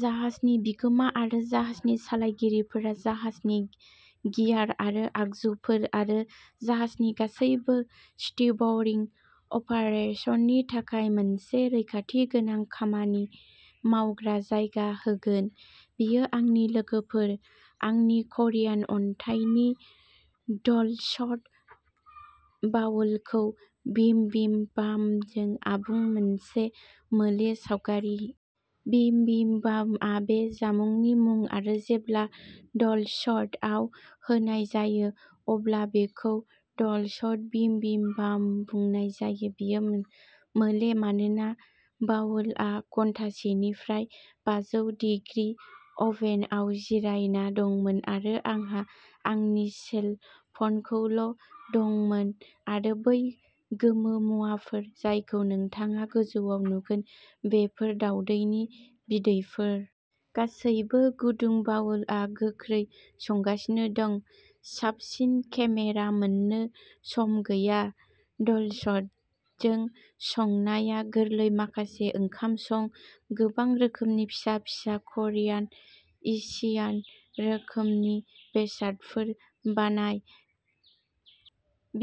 जाहाजनि बिगोमा आरो जाहाजनि सालायगिरिफोरा जाहाजनि गियार आरो आगजुफोर आरो जाहाजनि गासैबो स्टीभड'रिं अपारेसननि थाखाय मोनसे रैखाथि गोनां खामानि मावग्रा जायगा होगोन। बियो आंनि लोगोफोर, आंनि करियान अन्थाइनि डलसट बाउलखौ बिम बिम बापजों आबुं मोनसे मोले सावगारि। बिम बिम बापआ बे जामुंनि मुं आरो जेब्ला डलसटआव होनाय जायो अब्ला बेखौ डलसट बिम बिम बाप बुंनाय जायो। बियो मोले मानोना बाउलआ घन्टासेनिफ्राय बाजौ डिग्रि अभेनआव जिरायना दंमोन आरो आंहा आंनि सेल फ'नखौल' दंमोन आरो बै गोमो मुवाफोर जायखौ नोंथाङा गोजौआव नुगोन बेफोर दावदैनि बिदैफोर। गासैबो गुदुं बाउलआव गोख्रै संगासिनो दं साबसिन केमेरा मोननो सम गैया। डलसटजों संनाया गोरलै। माखासे ओंखाम सं। गोबां रोखोमनि फिसा फिसा करियान एशियान रोखोमनि बेसादफोर बानाय।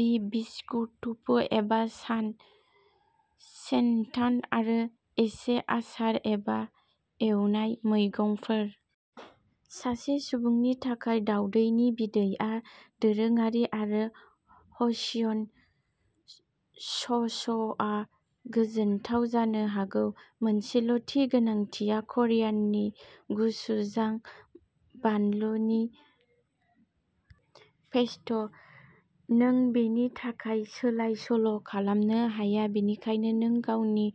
बिबिसकु टुफु एबा सान। सेन्टान आरो एसे आसार एबा एवनाय मैगंफोर। सासे सुबुंनि थाखाय दावदैनि बिदैया दोरोङारि आरो ह'सियन स'स'आ गोजोनथाव जानो हागौ। मोनसेल'थि गोनांथिया क'रियानि गुचुजां बानलुनि पेस्ट'। नों बेनि थाखाय सोलाय सोल' खालामनो हाया। बेनिखायनो, नों गावनि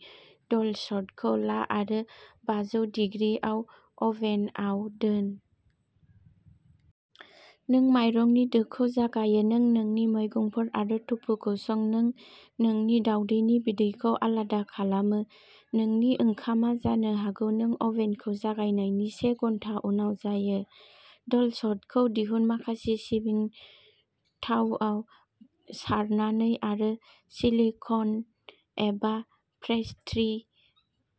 डलसटखौ ला आरो बाजौ डिग्रि आव अभेनआव दोन। नों माइरंनि दोखौ जागायो। नों नोंनि मैगंफोर आरो टुफुखौ सं। नों नोंनि दावदैनि बिदैखौ आलादा खालामो। नोंनि ओंखामआ जानो हागौ नों अभेनखौ जागायनायनि से घन्टा उनाव जायो। डलसटखौ दिहुन, माखासे सिबिं थावाव सारनानै आरो सिलिक'न एबा पेस्ट्री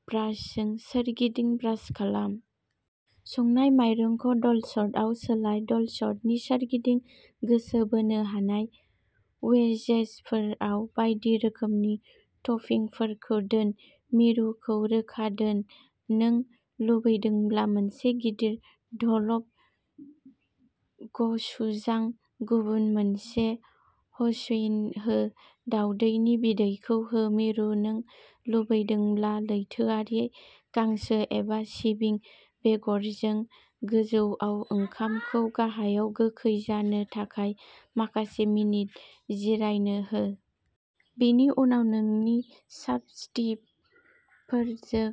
ब्रासजों सोरगिदिं ब्रास खालाम। संनाय माइरंखौ डलसटआव सोलाय। डलसटनि सोरगिदिं गोसो बोनो हानाय वेजेजफोराव बायदि रोखोमनि टपिंफोरखौ दोन, मिरुखौ रोखा दोन। नों लुबैदोंब्ला मोनसे गिदिर डलप गचुजां, गुबुन मोनसे ह'इसिन हो। दावदैनि बिदैखौ हो। मिरु नों लुबैदोंब्ला लैथोआरि गांसो एबा सिबिं बेगरजों गोजौआव ओंखामखौ गाहायाव गोखै जानो थाखाय माखासे मिनिट जिरायनो हो। बिनि उनाव, नोंनि चापस्टिकफोरजों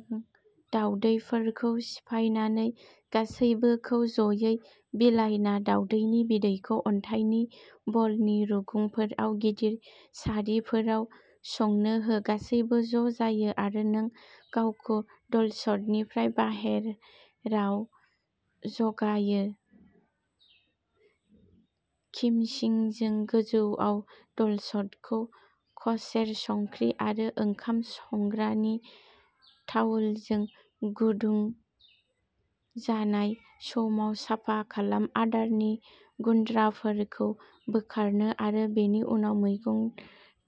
दावदैफोरखौ सिफायनानै गासैबोखौ जयै बिलायना दावदैनि बिदैखौ अन्थाइनि ब'लनि रुगुंफोराव गिदिर सारिफोराव संनो हो। गासैबो ज' जायो आरो नों गावखौ डलसटनिफ्राय बाहेराव जगायो। किमचिंजों गोजौआव डलसटखौ कसेर संख्रि आरो ओंखाम संग्रानि तावलजों गुदुं जानाय समाव साफा खालाम, आदारनि गुनद्रासाफोरखौ बोखारनो आरो बेनि उनाव मैगं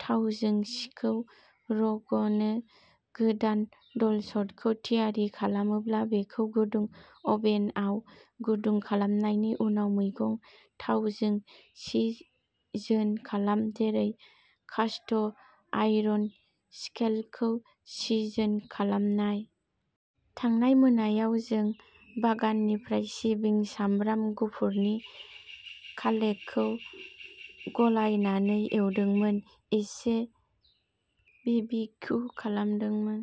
थावजों सिंखौ रग'नो गोदान डलसटखौ थियारि खालामोब्ला बेखौ गुदुं अभेनआव गुदुं खालामनायनि उनाव मैगं थावजों सिजोन खालाम, जेरै कास्ट आयरन स्किलेटखौ सिजोन खालामनाय। थांनाय मोनायाव जों बागाननिफ्राय सिबिं सामब्राम गुफुरनि कालेखौ गलायनानै एवदोंमोन, एसे बिबिक्यु खालामदोंमोन।